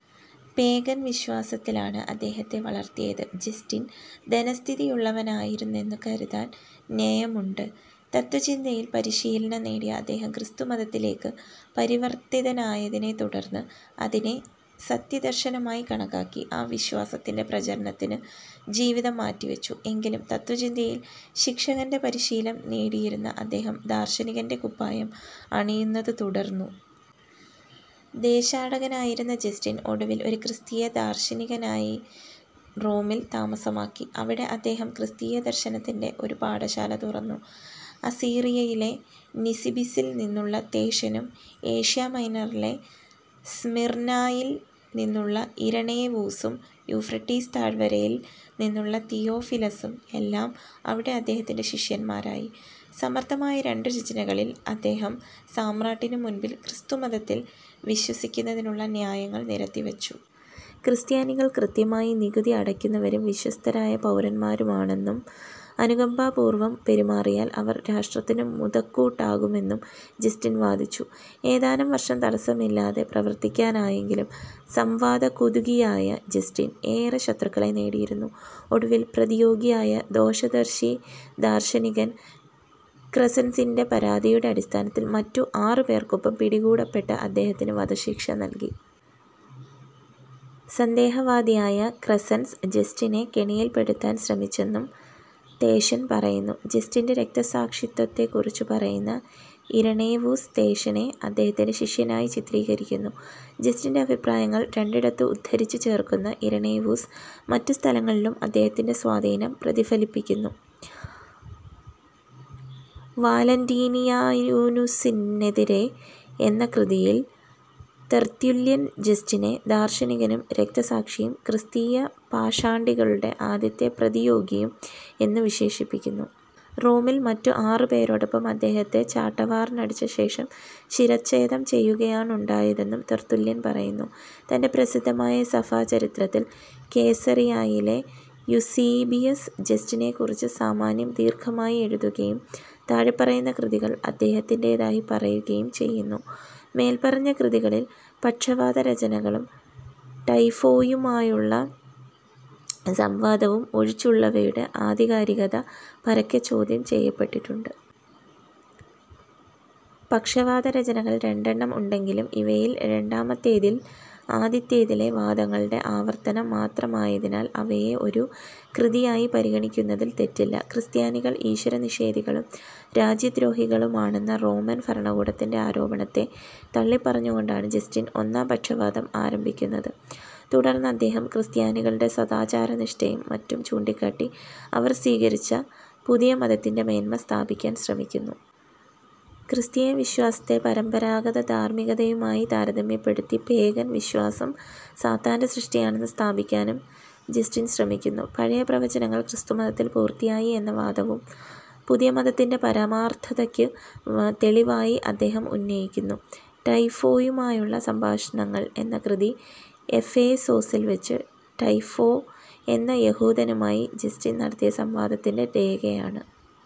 Pagan വിശ്വാസത്തിലാണ് അദ്ദേഹത്തെ വളർത്തിയത്. ജസ്റ്റിൻ ധനസ്ഥിതിയുള്ളവനായിരുന്നെന്നു കരുതാൻ ന്യയമുണ്ട്. തത്ത്വചിന്തയിൽ പരിശീലനം നേടിയ അദ്ദേഹം ക്രിസ്തുമതത്തിലേക്കു പരിവർത്തിതനായതിനെ തുടർന്ന് അതിനെ സത്യദർശനമായി കണക്കാക്കി ആ വിശ്വാസത്തിന്റെ പ്രചാരണത്തിനു ജീവിതം മാറ്റിവച്ചു. എങ്കിലും, തത്ത്വചിന്തയിൽ ശിക്ഷകന്റെ പരിശീലം നേടിയിരുന്ന അദ്ദേഹം ദാർശനികന്റെ കുപ്പായം അണിയുന്നതു തുടർന്നു. ദേശാടകനായിരുന്ന ജസ്റ്റിൻ ഒടുവിൽ ഒരു ക്രിസ്തീയ ദാർശനികനായി റോമിൽ താമസമാക്കി. അവിടെ അദ്ദേഹം ക്രിസ്തീയദർശനത്തിന്റെ ഒരു പാഠശാല തുറന്നു. അസീറിയയിലെ നിസിബിസിൽ നിന്നുള്ള തേഷനും, ഏഷ്യാമൈനറിലെ സ്മിർനായിൽ നിന്നുള്ള ഇരണേവൂസും, യൂഫ്രട്ടീസ് താഴ്വരയിൽ നിന്നുള്ള തിയോഫിലസും എല്ലാം അവിടെ അദ്ദേഹത്തിന്റെ ശിഷ്യന്മാരായി. സമർത്ഥമായ രണ്ടു രചനകളിൽ അദ്ദേഹം സാമ്രാട്ടിനു മുൻപിൽ ക്രിസ്തുമതത്തിൽ വിശ്വസിക്കുന്നതിനുള്ള ന്യായങ്ങൾ നിരത്തിവച്ചു. ക്രിസ്ത്യാനികൾ കൃത്യമായി നികുതി അടയ്ക്കുന്നവരും വിശ്വസ്തരായ പൗരന്മാരുമാണെന്നും അനുകമ്പാപൂർവം പെരുമാറിയാൽ അവർ രാഷ്ട്രത്തിനു മുതക്കൂട്ടാകുമെന്നും ജസ്റ്റിൻ വാദിച്ചു. ഏതാനും വർഷം തടസ്സമില്ലാതെ പ്രവർത്തിക്കാനായെങ്കിലും സംവാദകുതുകിയായ ജസ്റ്റിൻ ഏറെ ശത്രുക്കളെ നേടിയിരുന്നു. ഒടുവിൽ പ്രതിയോഗിയായ ദോഷദർശി ദാർശനികൻ ക്രെസൻസിന്റെ പരാതിയുടെ അടിസ്ഥാനത്തിൽ മറ്റു ആറു പേർക്കൊപ്പം പിടികൂടപ്പെട്ട അദ്ദേഹത്തിനു വധശിക്ഷ നൽകി. സന്ദേഹവാദിയായ ക്രെസൻസ് ജസ്റ്റിനെ കെണിയിൽ പെടുത്താൻ ശ്രമിച്ചെന്നും തേഷൻ പറയുന്നു. ജസ്റ്റിന്റെ രക്തസാക്ഷിത്വത്തെക്കുറിച്ചു പറയുന്ന ഇരണേവൂസ് തേഷനെ അദ്ദേഹത്തിന്റെ ശിഷ്യനായി ചിത്രീകരിക്കുന്നു. ജസ്റ്റിന്റെ അഭിപ്രായങ്ങൾ രണ്ടിടത്ത് ഉദ്ധരിച്ചു ചേർക്കുന്ന ഇരണേവൂസ് മറ്റു സ്ഥലങ്ങളിലും അദ്ദേഹത്തിന്റെ സ്വാധീനം പ്രതിഫലിപ്പിക്കുന്നു. "വാലന്റീനിയാനൂസിനെതിരെ" എന്ന കൃതിയിൽ തെർത്തുല്യൻ ജസ്റ്റിനെ ദാർശനികനും രക്തസാക്ഷിയും, ക്രിസ്തീയ പാഷണ്ഡികളുടെ ആദ്യത്തെ പ്രതിയോഗിയും എന്നു വിശേഷിപ്പിക്കുന്നു. റോമിൽ മറ്റു ആറു പേരോടൊപ്പം അദ്ദേഹത്തെ ചാട്ടവാറിനടിച്ച ശേഷം ശിരഛേദം ചെയ്യുകയാണുണ്ടായതെന്നും തെർത്തുല്യൻ പറയുന്നു. തന്റെ പ്രസിദ്ധമായ സഭാചരിത്രത്തിൽ കേസറിയായിലെ യൂസീബിയസ് ജസ്റ്റിനെക്കുറിച്ചു സാമാന്യം ദീർഘമായി എഴുതുകയും, താഴെപ്പറയുന്ന കൃതികൾ അദ്ദേഹത്തിന്റേതായി പറയുകയും ചെയ്യുന്നു: മേല്പറഞ്ഞ കൃതികളിൽ, പക്ഷവാദരചനകളും, ടൈഫോയുമായുള്ള സംവാദവും ഒഴിച്ചുള്ളവയുടെ ആധികാരികത പരക്കെ ചോദ്യം ചെയ്യപ്പെട്ടിട്ടുണ്ട്. പക്ഷവാദരചനകൾ രണ്ടെണ്ണം ഉണ്ടെങ്കിലും ഇവയിൽ രണ്ടാമത്തേതിൽ ആദ്യത്തേതിലെ വാദങ്ങളുടെ ആവർത്തനം മാത്രമായതിനാൽ, അവയെ ഒരു കൃതിയായി പരിഗണിക്കുന്നതിൽ തെറ്റില്ല. ക്രിസ്ത്യാനികൾ ഈശ്വരനിഷേധികളും രാജ്യദ്രോഹികളുമാണെന്ന റോമൻ ഭരണകൂടത്തിന്റെ ആരോപണത്തെ തള്ളിപ്പറഞ്ഞുകൊണ്ടാണ് ജസ്റ്റിൻ ഒന്നാം പക്ഷവാദം ആരംഭിക്കുന്നത്. തുടർന്നദ്ദേഹം ക്രിസ്ത്യാനികളുടെ സദാചാരനിഷ്ഠയും മറ്റും ചൂണ്ടിക്കാട്ടി അവർ സ്വീകരിച്ച പുതിയ മതത്തിന്റെ മേന്മ സ്ഥാപിക്കാൻ ശ്രമിക്കുന്നു. ക്രിസ്തീയവിശ്വാസത്തെ പരമ്പരാഗതധാർമ്മികതയുമായി താരതമ്യപ്പെടുത്തി പേഗൻ വിശ്വാസം സാത്താന്റെ സൃഷ്ടിയാണെന്നു സ്ഥാപിക്കാനും ജസ്റ്റിൻ ശ്രമിക്കുന്നു. പഴയ പ്രവചനങ്ങൾ ക്രിസ്തുമതത്തിൽ പൂർത്തിയായി എന്ന വാദവും പുതിയ മതത്തിന്റെ പരമാർത്ഥതയ്ക്കു തെളിവായി അദ്ദേഹം ഉന്നയിക്കുന്നു. "ടൈഫോയുമായുള്ള സംഭാഷണങ്ങൾ" എന്ന കൃതി എഫേസോസിൽ വച്ച് ടൈഫോ എന്ന യഹൂദനുമായി ജസ്റ്റിൻ നടത്തിയ സംവാദത്തിന്റെ രേഖയാണ്.